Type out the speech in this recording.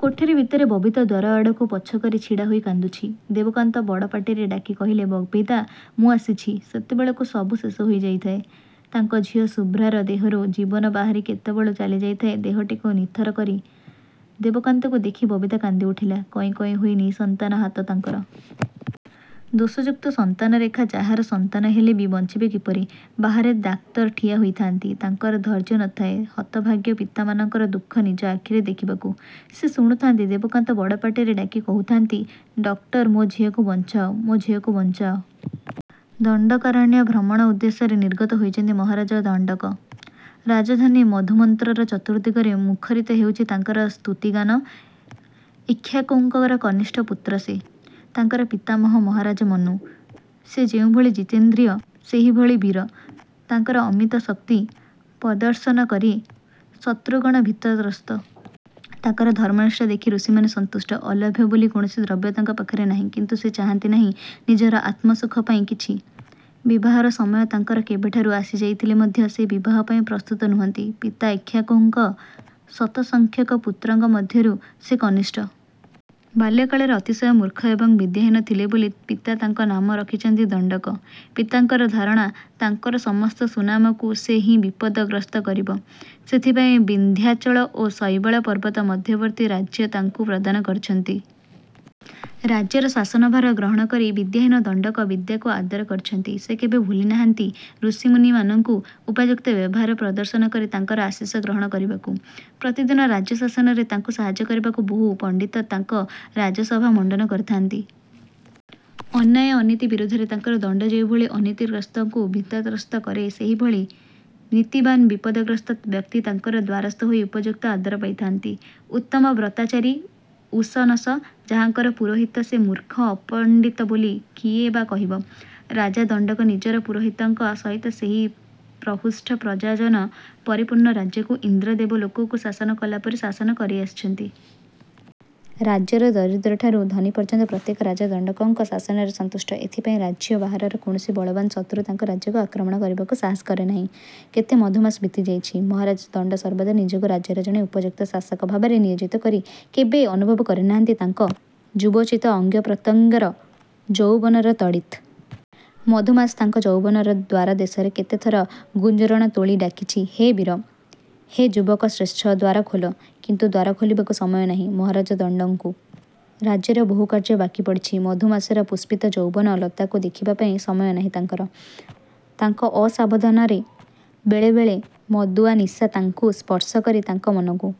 କୋଠରୀ ଭିତରେ ବବିତା ଦ୍ୱାର ଆଡ଼କୁ ପଛ କରି ଛିଡ଼ାହୋଇ କାନ୍ଦୁଛି। ଦେବକାନ୍ତ ବଡ଼ ପାଟିରେ ଡାକି କହିଲେ ବବିତା ମୁଁ ଆସିଛି-। ସେତେବେଳକୁ ସବୁ ଶେଷହୋଇ ଯାଇଥାଏ। ତାଙ୍କ ଝିଅ ଶୁଭ୍ରାର ଦେହରୁ ଜୀବନ ବାହାରି କେତେବେଳୁ ଚାଲିଯାଇଥାଏ ଦେହଟିକୁ ନିଥର କରି। ଦେବକାନ୍ତକୁ ଦେଖି ବବିତା କାନ୍ଦିଉଠିଲା କଇଁ କଇଁ ହୋଇ ନିଃସନ୍ତାନ ହାତ ତାଙ୍କର। ଦୋଷଯୁକ୍ତ ସନ୍ତାନରେଖା ଯାହାର ସନ୍ତାନ ହେଲେବି ବଞ୍ଚିବେ କିପରି? ବାହାରେ ଡାକ୍ତର ଠିଆ ହୋଇଥାନ୍ତି। ତାଙ୍କର ଧୈର୍ଯ୍ୟ ନ ଥାଏ। ହତଭାଗ୍ୟ ପିତାମାନଙ୍କର ଦୁଃଖ ନିଜ ଆଖିରେ ଦେଖିବାକୁ। ସେ ଶୁଣୁଥାନ୍ତି ଦେବକାନ୍ତ ବଡ଼ ପାଟିରେ ଡାକି କହୁଥାନ୍ତି ଡକ୍ଟର ମୋ ଝିଅକୁ ବଞ୍ଚାଅ, ମୋ ଝିଅକୁ ବଞ୍ଚାଅ। ଦଣ୍ଡକାରଣ୍ୟ ଭ୍ରମଣ ଉଦ୍ଦେଶ୍ୟରେ ନିର୍ଗତ ହୋଇଛନ୍ତି ମହାରାଜ ଦଣ୍ଡକ। ରାଜଧାନୀ ମଧୁମନ୍ତ୍ରର ଚତୁର୍ଦ୍ଦିଗରେ ମୁଖରିତ ହେଉଛି ତାଙ୍କର ସ୍ତୁତିଗାନ, ଇକ୍ଷ୍ୱାକୁଙ୍କର କନିଷ୍ଠ ପୁତ୍ର ସେ। ତାଙ୍କର ପିତାମହ ମହାରାଜ ମନୁ। ସେ ଯେଉଁଭଳି ଜିତେନ୍ଦ୍ରିୟ ସେହିଭଳି ବୀର। ତାଙ୍କର ଅମିତ ଶକ୍ତି ପ୍ରଦର୍ଶନ କରି ଶତୃଗଣ ଭୀତତ୍ରସ୍ତ। ତାଙ୍କର ଧର୍ମନିଷ୍ଠା ଦେଖି ଋଷିମାନେ ସନ୍ତୁଷ୍ଟ। ଅଲଭ୍ୟ ବୋଲି କୌଣସି ଦ୍ରବ୍ୟ ତାଙ୍କ ପାଖରେ ନାହିଁ। କିନ୍ତୁ ସେ ଚାହାନ୍ତି ନାହିଁ ନିଜର ଆତ୍ମସୁଖ ପାଇଁ କିଛି। ବିବାହର ସମୟ ତାଙ୍କର କେବେଠାରୁ ଆସିଯାଇଥିଲେ ମଧ୍ୟ ସେ ବିବାହ ପାଇଁ ପ୍ରସ୍ତୁତ ନୁହନ୍ତି। ପିତା ଇକ୍ଷ୍ୱାକୁଙ୍କ ଶତସଂଖ୍ୟକ ପୁତ୍ରଙ୍କ ମଧ୍ୟରୁ ସେ କନିଷ୍ଠ। ବାଲ୍ୟ କାଳରେ ଅତିଶୟ ମୂର୍ଖ ଏବଂ ବିଦ୍ୟାହୀନ ଥିଲେ ବୋଲି ପିତା ତାଙ୍କ ନାମ ରଖିଛନ୍ତି ଦଣ୍ଡକ। ପିତାଙ୍କର ଧାରଣା ତାଙ୍କର ସମସ୍ତ ସୁନାମକୁ ସେ ହିଁ ବିପଦ ଗ୍ରସ୍ତ କରିବ। ସେଥିପାଇଁ ବିନ୍ଧ୍ୟାଚଳ ଓ ଶୈବାଳ ପର୍ବତ ମଧ୍ୟବର୍ତ୍ତୀ ରାଜ୍ୟ ତାଙ୍କୁ ପ୍ରଦାନ କରିଛନ୍ତି। ରାଜ୍ୟର ଶାସନଭାର ଗ୍ରହଣ କରି ବିଦ୍ୟାହୀନ ଦଣ୍ଡକ ବିଦ୍ୟାକୁ ଆଦର କରିଛନ୍ତି। ସେ କେବେ ଭୁଲିନାହାନ୍ତି ଋଷିମୁନିମାନଙ୍କୁ ଉପଯୁକ୍ତ ବ୍ୟବହାର ପ୍ରଦର୍ଶନ କରି ତାଙ୍କର ଆଶିଷ ଗ୍ରହଣ। କରିବାକୁ। ପ୍ରତିଦିନ ରାଜ୍ୟ ଶାସନରେ ତାଙ୍କୁ ସାହାଯ୍ୟ କରିବାକୁ ବହୁ ପଣ୍ଡିତ ତାଙ୍କ ରାଜସଭା ମଣ୍ଡନ କରିଥାଆନ୍ତି। ଅନ୍ୟାୟ ଅନୀତି ବିରୁଦ୍ଧରେ ତାଙ୍କର ଦଣ୍ଡ ଯେଉଁଭଳି ଅନୀତି ଗ୍ରସ୍ଥଙ୍କୁ ଭୀତତ୍ରସ୍ତ କରେ ସେହିଭଳି ନୀତିବାନ୍ ବିପଦଗ୍ରସ୍ଥ ବ୍ୟକ୍ତି ତାଙ୍କର ଦ୍ୱାରସ୍ଥ ହୋଇ ଉପଯୁକ୍ତ ଆଦର ପାଇଥାନ୍ତି। ଉତ୍ତମ ବ୍ରତାଚାରୀ 'ଉଶନସ' ଯାହାଙ୍କର ପୁରୋହିତ ସେ ମୂର୍ଖ ଅପଣ୍ଡିତ ବୋଲି କିଏ ବା କହିବ। ରାଜା ଦଣ୍ଡକ ନିଜର ପୁରୋହିତଙ୍କ ସହିତ ସେହି ପ୍ରହୃଷ୍ଟ ପ୍ରଜାଜନ ପରିପୂର୍ଣ୍ଣ ରାଜ୍ୟକୁ, ଇନ୍ଦ୍ର ଦେବଲୋକକୁ ଶାସନ କଲାପରି ଶାସନ କରି ଆସିଛନ୍ତି। ରାଜ୍ୟର ଦରିଦ୍ରଠାରୁ ଧନୀ ପର୍ଯ୍ୟନ୍ତ ପ୍ରତ୍ୟେକ ରାଜା ଦଣ୍ଡକଙ୍କ ଶାସନରେ ସନ୍ତୁଷ୍ଟ। ଏଥିପାଇଁ ରାଜ୍ୟ ବାହାରର କୌଣସି ବଳବାନ ଶତ୍ରୁ ତାଙ୍କ ରାଜ୍ୟକୁ ଆକ୍ରମଣ କରିବାକୁ ସାହସ କରେ ନାହିଁ। କେତେ ମଧୁମାସ ବିତିଯାଇଛି। ମହାରାଜ ଦଣ୍ଡ ସର୍ବଦା ନିଜକୁ ରାଜ୍ୟର ଜଣେ ଉପଯୁକ୍ତ ଶାସକ ଭାବରେ ନିୟୋଜିତ କରି କେବେ ଅନୁଭବ କରିନାହାନ୍ତି ତାଙ୍କ ଯୁବୋଚିତ ଅଙ୍ଗପ୍ରତ୍ୟଙ୍ଗର ଯୌବନର ତଡ଼ିତ୍। ମଧୁମାସ ତାଙ୍କ ଯୌବନର ଦ୍ୱାରଦେଶରେ କେତେଥର ଗୁଞ୍ଜରଣ ତୋଳି ଡାକିଛି, ହେ ବୀର! ହେ ଯୁବକଶ୍ରେଷ୍ଠ ଦ୍ୱାର ଖୋଲ। କିନ୍ତୁ ଦ୍ୱାର ଖୋଲିବାକୁ ସମୟ ନାହିଁ ମହାରାଜ ଦଣ୍ଡଙ୍କୁ। ରାଜ୍ୟର ବହୁ କାର୍ଯ୍ୟ ବାକିପଡ଼ିଛି-ମଧୁମାସର ପୁଷ୍ପିତ ଯୌବନ ଲତାକୁ ଦେଖିବାପାଇଁ ସମୟ ନାହିଁ ତାଙ୍କର। ତାଙ୍କ ଅସାବଧାନରେ ବେଳେବେଳେ ମଦୁଆ ନିଶା ତାଙ୍କୁ ସ୍ପର୍ଶ କରି ତାଙ୍କ ମନକୁ